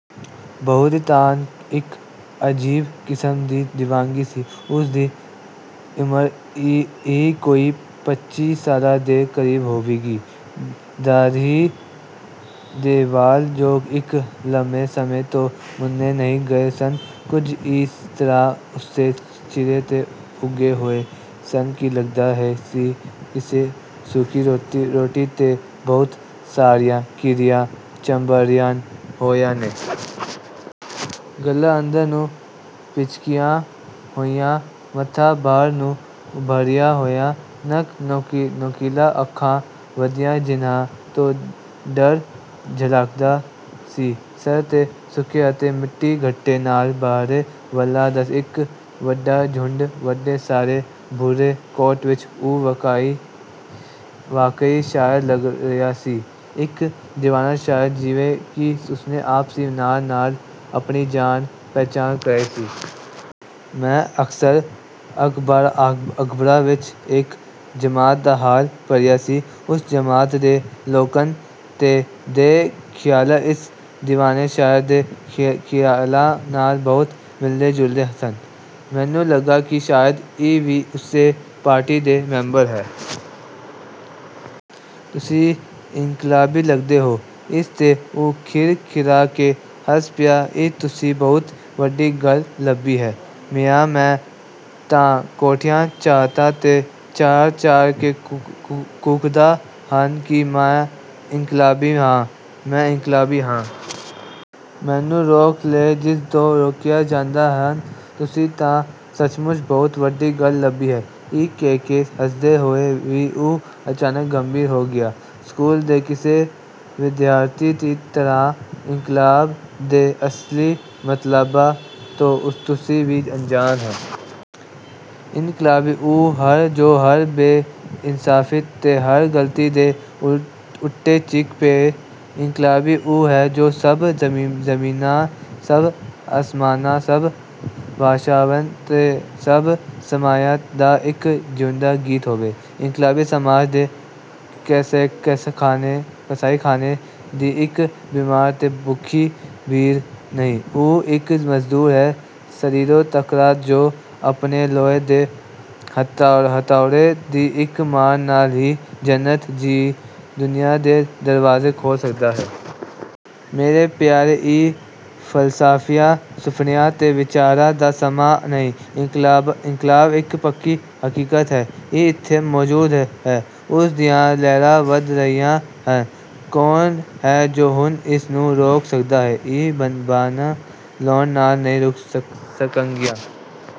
ਬਹੁਤੀ ਤਾਂ ਇੱਕ ਅਜੀਬ ਕਿਸਮ ਦੀ ਦੀਵਾਨਗੀ ਸੀ। ਉਸ ਦੀ ਉਮਰ ਇਹੀ ਕੋਈ ਪੱਚੀ ਸਾਲਾਂ ਦੇ ਕਰੀਬ ਹੋਵੇਗੀ। ਦਾੜ੍ਹੀ ਦੇ ਵਾਲ ਜੋ ਇੱਕ ਲੰਮੇ ਸਮੇਂ ਤੋਂ ਮੁੰਨੇ ਨਹੀਂ ਗਏ ਸਨ, ਕੁਝ ਇਸ ਤਰ੍ਹਾਂ ਉਸਦੇ ਚਿਹਰੇ ’ਤੇ ਉੱਗੇ ਹੋਏ ਸਨ ਕਿ ਲੱਗਦਾ ਸੀ ਕਿਸੇ ਸੁੱਕੀ ਰੋਟੀ ’ਤੇ ਬਹੁਤ ਸਾਰੀਆਂ ਕੀੜੀਆਂ ਚੰਬੜੀਆਂ ਹੋਈਆਂ ਨੇ। ਗੱਲ੍ਹਾਂ ਅੰਦਰ ਨੂੰ ਪਿਚਕੀਆਂ ਹੋਈਆਂ, ਮੱਥਾ ਬਾਹਰ ਨੂੰ ਉੱਭਰਿਆ ਹੋਇਆ। ਨੱਕ ਨੋਕੀਲਾ। ਅੱਖਾਂ ਵੱਡੀਆਂ ਜਿਨ੍ਹਾਂ ਤੋਂ ਡਰ ਝਲਕਦਾ ਸੀ। ਸਿਰ ’ਤੇ ਸੁੱਕੇ ਅਤੇ ਮਿੱਟੀ-ਘੱਟੇ ਨਾਲ ਭਰੇ ਵਾਲਾਂ ਦਾ ਇੱਕ ਵੱਡਾ ਝੁੰਡ। ਵੱਡੇ ਸਾਰੇ ਭੂਰੇ ਕੋਟ ਵਿਚ ਉਹ ਵਾਕਈ ਸ਼ਾਇਰ ਲੱਗ ਰਿਹਾ ਸੀ, ਇੱਕ ਦੀਵਾਨਾ ਸ਼ਾਇਰ, ਜਿਵੇਂ ਕਿ ਉਸਨੇ ਆਪ ਇਸ ਨਾਂ ਨਾਲ ਆਪਣੀ ਜਾਣ-ਪਛਾਣ ਕਰਾਈ। ਮੈਂ ਅਕਸਰ ਅਖ਼ਬਾਰਾਂ ਵਿਚ ਇੱਕ ਜਮਾਤ ਦਾ ਹਾਲ ਪੜ੍ਹਿਆ ਸੀ। ਉਸ ਜਮਾਤ ਦੇ ਲੋਕਾਂ ਦੇ ਖ਼ਿਆਲ ਇਸ ਦੀਵਾਨੇ ਸ਼ਾਇਰ ਦੇ ਖ਼ਿਆਲਾਂ ਨਾਲ ਬਹੁਤ ਮਿਲਦੇ-ਜੁਲਦੇ ਸਨ। ਮੈਨੂੰ ਲੱਗਾ ਕਿ ਸ਼ਾਇਦ ਇਹ ਵੀ ਉਸੇ ਪਾਰਟੀ ਦਾ ਮੈਂਬਰ ਹੈ। ਤੁਸੀਂ ਇਨਕਲਾਬੀ ਲੱਗਦੇ ਹੋ। ਇਸ ’ਤੇ ਉਹ ਖਿੜਖਿੜਾ ਕੇ ਹੱਸ ਪਿਆ। ਇਹ ਤੁਸੀਂ ਬਹੁਤ ਵੱਡੀ ਗੱਲ ਲੱਭੀ ਹੈ। ਮੀਆਂ, ਮੈਂ ਤਾਂ ਕੋਠਿਆਂ-ਛੱਤਾਂ ’ਤੇ ਚੜ੍ਹ-ਚੜ੍ਹ ਕੇ ਕੂਕਦਾ ਹਾਂ ਕਿ ਮੈਂ ਇਨਕਲਾਬੀ ਹਾਂ, ਮੈਂ ਇਨਕਲਾਬੀ ਹਾਂ। ਮੈਨੂੰ ਰੋਕ ਲਏ ਜਿਸ ਤੋਂ ਰੋਕਿਆ ਜਾਂਦਾ ਹਾਂ। ਤੁਸੀਂ ਤਾਂ ਸੱਚਮੁੱਚ ਬਹੁਤ ਵੱਡੀ ਗੱਲ ਲੱਭੀ ਹੈ। ਇਹ ਕਹਿ ਕੇ ਹੱਸਦੇ ਹੋਏ ਵੀ ਉਹ ਅਚਾਨਕ ਗੰਭੀਰ ਹੋ ਗਿਆ। ਸਕੂਲ ਦੇ ਕਿਸੇ ਵਿਦਿਆਰਥੀ ਦੀ ਤਰ੍ਹਾਂ ਇਨਕਲਾਬ ਦੇ ਅਸਲੀ ਮਤਲਬਾਂ ਤੋਂ ਤੁਸੀਂ ਵੀ ਅਣਜਾਣ ਹੋ। ਇਨਕਲਾਬੀ ਉਹ ਹੈ ਜੋ ਹਰ ਬੇਇਨਸਾਫ਼ੀ ਤੇ ਹਰ ਗਲਤੀ ਦੇ ਉੱਤੇ ਚੀਖ਼ ਪਏ। ਇਨਕਲਾਬੀ ਉਹ ਹੈ ਜੋ ਸਭ ਜ਼ਮੀਨਾਂ, ਸਭ ਅਸਮਾਨਾਂ, ਸਭ ਭਾਸ਼ਾਵਾਂ ਤੇ ਸਭ ਸਮਿਆਂ ਦਾ ਇੱਕ ਜਿਉਂਦਾ ਗੀਤ ਹੋਵੇ। ਇਨਕਲਾਬੀ ਸਮਾਜ ਦੇ ਕਸਾਈਖਾਨੇ ਦੀ ਇੱਕ ਬਿਮਾਰ ਤੇ ਭੁੱਖੀ ਭੀੜ ਨਹੀਂ, ਉਹ ਇੱਕ ਮਜ਼ਦੂਰ ਹੈ, ਸਰੀਰੋਂ ਤਕੜਾ, ਜੋ ਆਪਣੇ ਲੋਹੇ ਦੇ ਹਥੌੜੇ ਦੀ ਇੱਕ ਮਾਰ ਨਾਲ ਹੀ ਜੰਨਤ ਜਿਹੀ ਦੁਨੀਆ ਦੇ ਦਰਵਾਜ਼ੇ ਖੋਲ੍ਹ ਸਕਦਾ ਹੈ। ਮੇਰੇ ਪਿਆਰੇ, ਇਹ ਫ਼ਲਸਫ਼ਿਆਂ, ਸੁਫ਼ਨਿਆਂ ਤੇ ਵਿਚਾਰਾਂ ਦਾ ਸਮਾਂ ਨਹੀਂ। ਇਨਕਲਾਬ ਇੱਕ ਪੱਕੀ ਹਕੀਕਤ ਹੈ, ਇਹ ਇੱਥੇ ਮੌਜੂਦ ਹੈ। ਉਸ ਦੀਆਂ ਲਹਿਰਾਂ ਵਧ ਰਹੀਆਂ ਹਨ। ਕੌਣ ਹੈ ਜੋ ਹੁਣ ਇਸ ਨੂੰ ਰੋਕ ਸਕਦਾ ਹੈ। ਇਹ ਬੰਨ੍ਹ ਲਾਉਣ ਨਾਲ ਨਹੀਂ ਰੁਕ ਸਕਣਗੀਆਂ।